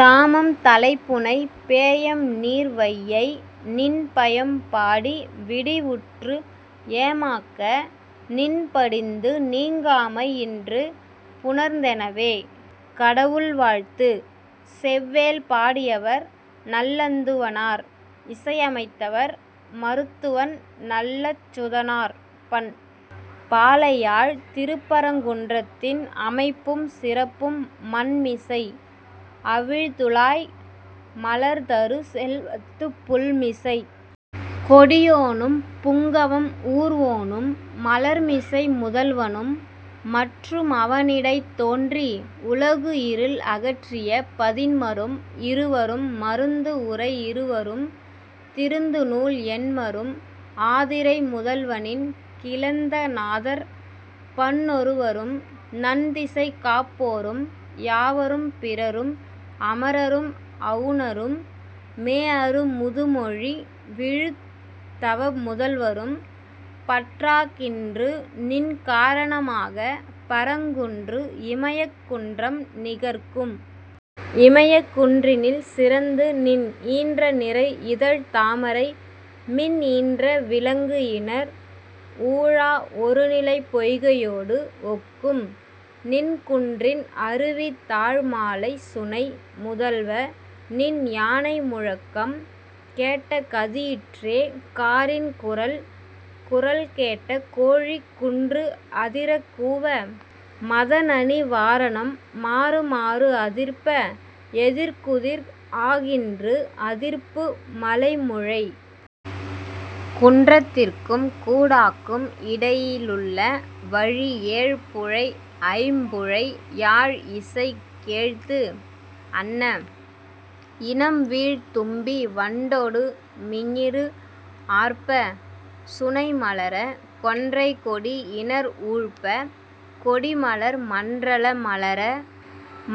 தாமம் தலை புனை பேஎம் நீர் வையை! நின் பயம் பாடி விடிவுற்று ஏமாக்க--- நின் படிந்து நீங்காமை இன்று புணர்ந்தெனவே. கடவுள் வாழ்த்து. செவ்வேள் பாடியவர், நல்லந்துவனார் இசையமைத்தவர், மருத்துவன் நல்லச்சுதனார் பண், பாலையாழ் திருப்பரங்குன்றத்தின் அமைப்பும் சிறப்பும் மண்மிசை---அவிழ்துழாய் மலர்தரு செல்வத்துப் புள்மிசைக் கொடியோனும், புங்கவம் ஊர்வோனும், மலர்மிசை முதல்வனும், மற்று அவனிடைத் தோன்றி உலகு இருள் அகற்றிய பதின்மரும், இருவரும், மருந்து உரை இருவரும், திருந்து நூல் எண்மரும், ஆதிரை முதல்வனின் கிளந்த நாதர் பன்னொருவரும், நன் திசை காப்போரும், யாவரும், பிறரும், அமரரும், அவுணரும், மேஅரு முதுமொழி விழுத் தவ முதல்வரும்--- பற்றாகின்று, நின் காரணமாக; பரங்குன்று இமயக் குன்றம் நிகர்க்கும். இமயக் குன்றினில் சிறந்து நின் ஈன்ற நிரை இதழ்த் தாமரை மின் ஈன்ற விளங்கு இணர் ஊழா ஒருநிலைப் பொய்கையோடு ஒக்கும்--- நின் குன்றின் அருவி தாழ் மாலைச் சுனை. முதல்வ! நின் யானை முழக்கம் கேட்ட கதியிற்றே காரின் குரல். குரல் கேட்ட கோழி குன்று அதிரக் கூவ, மத நனி வாரணம் மாறுமாறு அதிர்ப்ப, எதிர்குதிர் ஆகின்று அதிர்ப்பு, மலை முழை. குன்றத்திற்கும் கூடாக்கும் இடையிலுள்ள வழி ஏழ் புழை ஐம் புழை யாழ் இசை கேழ்த்து அன்ன, இனம் வீழ் தும்பி வண்டொடு மிஞிறு ஆர்ப்ப, சுனை மலர, கொன்றை கொடி இணர் ஊழ்ப்ப, கொடி மலர் மன்றல மலர,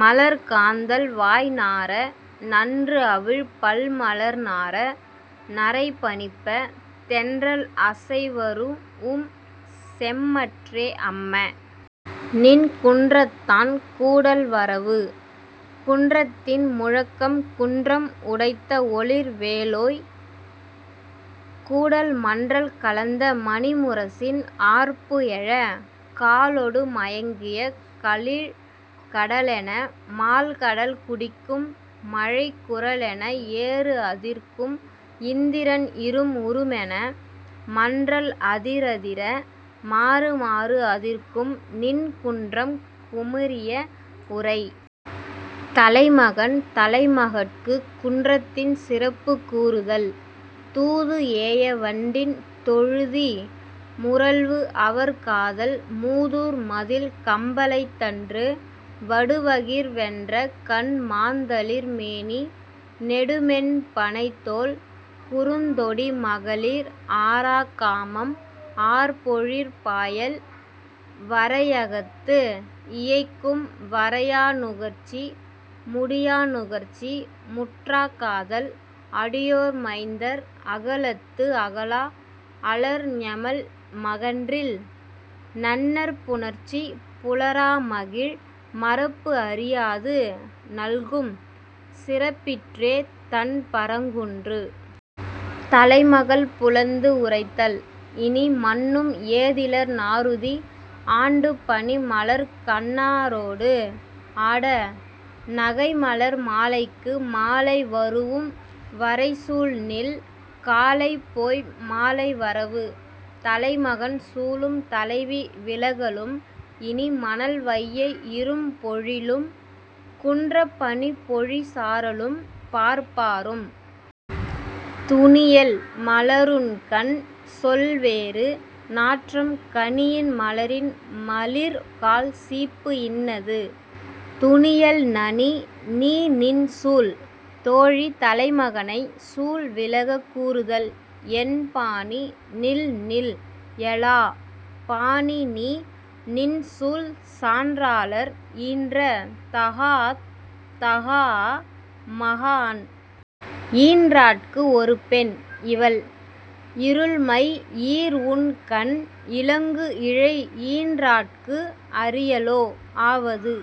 மலர் காந்தள் வாய் நாற, நன்று அவிழ் பல் மலர் நாற, நறை பனிப்ப, தென்றல் அசைவரூஉம் செம்மற்றே-- அம்ம! நின் குன்றத்தான் கூடல் வரவு. குன்றத்தின் முழக்கம் குன்றம் உடைத்த ஒளிர் வேலோய்! கூடல் மன்றல் கலந்த மணி முரசின் ஆர்ப்பு எழ, காலொடு மயங்கிய கலிழ் கடலென, மால் கடல் குடிக்கும் மழைக் குரலென, ஏறு அதிர்க்கும் இந்திரன் இரும் உருமென, மன்றல் அதிரதிர மாறுமாறு அதிர்க்கும் --நின் குன்றம் குமுறிய உரை. தலைமகன் தலைமகட்குக் குன்றத்தின் சிறப்புக் கூறுதல் 'தூது ஏய வண்டின் தொழுதி முரல்வு அவர் காதல் மூதூர் மதில் கம்பலைத்தன்று; வடு வகிர் வென்ற கண், மாந் தளிர் மேனி, நெடு மென் பணைத் தோள், குறுந் தொடி, மகளிர் ஆராக் காமம், ஆர் பொழிற் பாயல், வரையகத்து, இயைக்கும் வரையா நுகர்ச்சி; முடியா நுகர்ச்சி முற்றாக் காதல், அடியோர் மைந்தர் அகலத்து அகலா அலர் ஞெமல் மகன்றில் நன்னர்ப் புணர்ச்சி, புலரா மகிழ்; மறப்பு அறியாது நல்கும் சிறப்பிற்றே---தண் பரங்குன்று. ' தலைமகள் புலந்து உரைத்தல் 'இனி, மன்னும் ஏதிலர் நாறுதி; ஆண்டுப் பனி மலர்க் கண்ணாரோடு ஆட--நகை மலர் மாலைக்கு மாலை வரூஉம்; வரை சூள் நில்-- காலைப் போய் மாலை வரவு. ' தலைமகன் சூளும் தலைவி விலகலும் 'இனி மணல் வையை இரும் பொழிலும், குன்றப் பனி பொழி சாரலும், பார்ப்பாரும்;.... துனியல், மலருண்கண்! சொல் வேறு; நாற்றம் கனியின் மலரின் மலிர் கால் சீப்பு இன்னது; துனியல் நனி 'நீ நின் சூள். ' தோழி தலைமகனைச் சூள் விலகக்கூறுதல் 'என் பாணி நில் நில்---எலாஅ! --பாணி நீ, நின் சூள்; சான்றாளர் ஈன்ற தகாஅத் தகாஅ மகாஅன்! -- ஈன்றாட்கு ஒரு பெண், இவள். "இருள் மை ஈர் உண் கண் இலங்கு இழை ஈன்றாட்கு அரியளோ? ஆவது